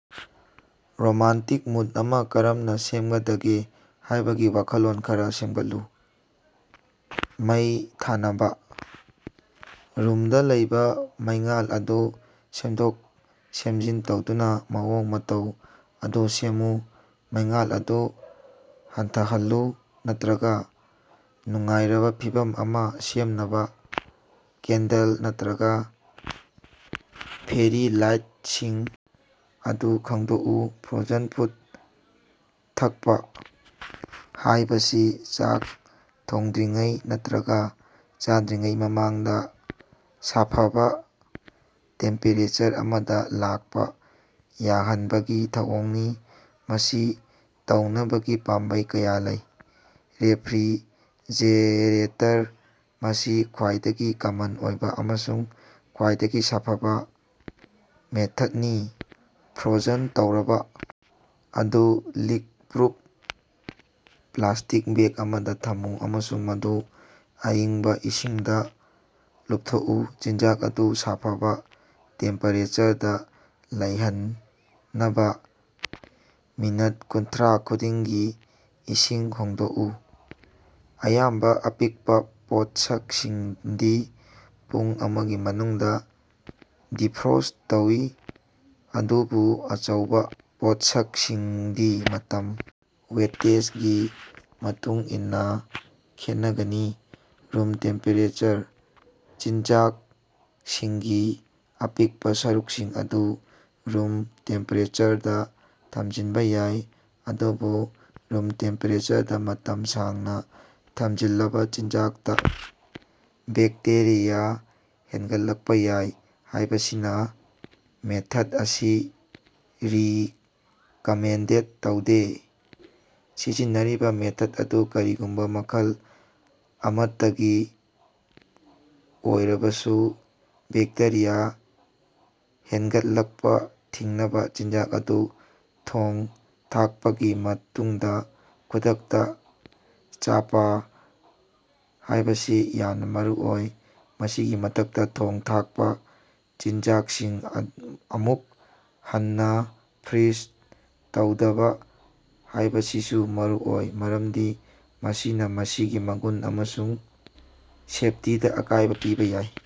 Romantic mood ꯑꯃꯥ ꯀꯔꯝꯅꯥ ꯁꯦꯝꯒꯗꯒꯦ ꯍꯥꯏꯕꯒꯤ ꯋꯥꯈꯜꯂꯣꯟ ꯈꯔꯥ ꯁꯦꯝꯒꯠꯂꯨ꯫ ꯃꯩ ꯊꯥꯅꯕꯥ: ꯔꯨꯝꯗꯥ ꯂꯩꯕꯥ ꯃꯩꯉꯥꯜ ꯑꯗꯨ ꯁꯦꯝꯗꯣꯛ-ꯁꯦꯝꯖꯤꯟ ꯇꯧꯗꯨꯅꯥ ꯃꯑꯣꯡ ꯃꯇꯧ ꯑꯗꯨ ꯁꯦꯝꯃꯨ꯫ ꯃꯩꯉꯥꯜ ꯑꯗꯨ ꯍꯟꯊꯍꯜꯂꯨ, ꯅꯥꯠꯇ꯭ꯔꯥꯒꯥ ꯅꯨꯡꯉꯥꯏꯔꯕꯥ ꯐꯤꯚꯝ ꯑꯃꯥ ꯁꯦꯝꯅꯕꯥ ꯀꯦꯟꯗꯜ ꯅꯠꯇ꯭ꯔꯒꯥ ꯐꯦꯔꯤ ꯂꯥꯏꯠꯁꯤꯡ ꯑꯗꯨ ꯈꯪꯗꯣꯛꯎ꯫ ꯐ꯭ꯔꯣꯖꯟ ꯐꯨꯗ ꯊꯛꯄꯥ ꯍꯥꯏꯕꯁꯤ ꯆꯥꯛ ꯊꯣꯡꯗ꯭ꯔꯤꯉꯩ ꯅꯠꯇ꯭ꯔꯒꯥ ꯆꯥꯗ꯭ꯔꯤꯉꯩ ꯃꯃꯥꯡꯗꯥ ꯁꯥꯐꯕꯥ ꯇꯦꯝꯄꯦꯔꯦꯆꯔ ꯑꯃꯗꯥ ꯂꯥꯛꯄꯥ ꯌꯥꯍꯅꯕꯒꯤ ꯊꯧꯑꯣꯡꯅꯤ꯫ ꯃꯁꯤ ꯇꯧꯅꯕꯒꯤ ꯄꯥꯝꯕꯩ ꯀꯌꯥ ꯂꯩ: ꯔꯦꯐ꯭ꯔꯤꯖꯔꯦꯇꯔ: ꯃꯁꯤ ꯈ꯭ꯋꯥꯏꯗꯒꯤ ꯀꯃꯟ ꯑꯣꯏꯕꯥ ꯑꯃꯁꯨꯡ ꯈ꯭ꯋꯥꯏꯗꯒꯤ ꯁꯥꯐꯕꯥ ꯃꯦꯊꯗꯅꯤ꯫ ꯐ꯭ꯔꯣꯖꯟ ꯇꯧꯔꯕꯥ ꯑꯗꯨ ꯂꯤꯛ-ꯄ꯭ꯔꯨꯐ ꯄ꯭ꯂꯥꯁꯇꯤꯛ ꯕꯦꯒ ꯑꯃꯗꯥ ꯊꯝꯃꯨ ꯑꯃꯁꯨꯡ ꯃꯗꯨ ꯑꯏꯪꯕꯥ ꯏꯁꯤꯡꯗꯥ ꯂꯨꯞꯊꯣꯛꯑꯨ꯫ ꯆꯤꯟꯖꯥꯛ ꯑꯗꯨ ꯁꯥꯐꯕꯥ ꯇꯦꯝꯄꯦꯔꯦꯆꯔꯗꯥ ꯂꯩꯍꯟꯅꯕꯥ ꯃꯤꯅꯠ ꯀꯨꯟꯊ꯭ꯔꯥ ꯈꯨꯗꯤꯡꯒꯤ ꯏꯁꯤꯡ ꯍꯣꯡꯗꯣꯀꯑꯨ꯫ ꯑꯌꯥꯝꯕꯥ ꯑꯄꯤꯛꯄꯥ ꯄꯣꯠꯁꯛꯁꯤꯡꯗꯤ ꯄꯨꯡ ꯑꯃꯒꯤ ꯃꯅꯨꯡꯗꯥ ꯗꯤꯐ꯭ꯔꯣꯁ꯭ꯠ ꯇꯧꯏ, ꯑꯗꯨꯕꯨ ꯑꯆꯧꯕꯥ ꯄꯣꯠꯁꯛꯁꯤꯡꯗꯤ ꯃꯇꯝ ꯋꯦꯇꯦꯖꯒꯤ ꯃꯇꯨꯡ ꯏꯟꯅꯥ ꯈꯦꯠꯅꯒꯅꯤ꯫ ꯔꯨꯝ ꯇꯦꯝꯄꯦꯔꯦꯆꯔ: ꯆꯤꯟꯖꯥꯛꯁꯤꯡꯒꯤ ꯑꯄꯤꯛꯄꯥ ꯁꯔꯨꯛꯁꯤꯡ ꯑꯗꯨ ꯔꯨꯝ ꯇꯦꯝꯄꯦꯔꯦꯆꯔꯗꯥ ꯊꯝꯖꯤꯟꯕꯥ ꯌꯥꯏ, ꯑꯗꯨꯕꯨ ꯔꯨꯝ ꯇꯦꯝꯄꯦꯔꯦꯆꯔꯗꯥ ꯃꯇꯝ ꯁꯥꯡꯅꯥ ꯊꯝꯖꯤꯜꯂꯕꯥ ꯆꯤꯟꯖꯥꯛꯇꯥ ꯕꯦꯛꯇꯦꯔꯤꯌꯥ ꯍꯦꯟꯒꯠꯂꯛꯄꯥ ꯌꯥꯏ ꯍꯥꯏꯕꯁꯤꯅꯥ ꯃꯦꯊꯗ ꯑꯁꯤ ꯔꯤꯀꯃꯦꯟꯗ ꯇꯧꯗꯦ꯫ ꯁꯤꯖꯤꯟꯅꯔꯤꯕꯥ ꯃꯦꯊꯗ ꯑꯗꯨ ꯀꯔꯤꯒꯨꯝꯕꯥ ꯃꯈꯜ ꯑꯃꯠꯇꯒꯤ ꯑꯣꯏꯔꯕꯁꯨ, ꯕꯦꯛꯇꯦꯔꯤꯌꯥ ꯍꯦꯅꯒꯠꯂꯀꯄꯥ ꯊꯤꯡꯅꯕꯥ ꯆꯤꯟꯖꯥꯛ ꯑꯗꯨ ꯊꯣꯡ-ꯊꯥꯀꯄꯒꯤ ꯃꯇꯨꯡꯗꯥ ꯈꯨꯗꯛꯇꯥ ꯆꯥꯄꯥ ꯍꯥꯏꯕꯁꯤ ꯌꯥꯝꯅꯥ ꯃꯔꯨꯑꯣꯏ꯫ ꯃꯁꯤꯒꯤ ꯃꯊꯛꯇꯥ, ꯊꯣꯡ-ꯊꯥꯀꯄꯥ ꯆꯤꯟꯖꯥꯀꯁꯤꯡ ꯑꯃꯨꯛ ꯍꯟꯅꯥ ꯐ꯭ꯔꯤꯖ ꯇꯧꯗꯕꯥ ꯍꯥꯏꯕꯁꯤꯁꯨ ꯃꯔꯨꯑꯣꯏ, ꯃꯔꯝꯗꯤ ꯃꯁꯤꯅꯥ ꯃꯁꯤꯒꯤ ꯃꯒꯨꯟ ꯑꯃꯁꯨꯡ ꯁꯦꯐꯇꯤꯗꯥ ꯑꯀꯥꯏꯕꯥ ꯄꯤꯕꯥ ꯌꯥꯏ꯫।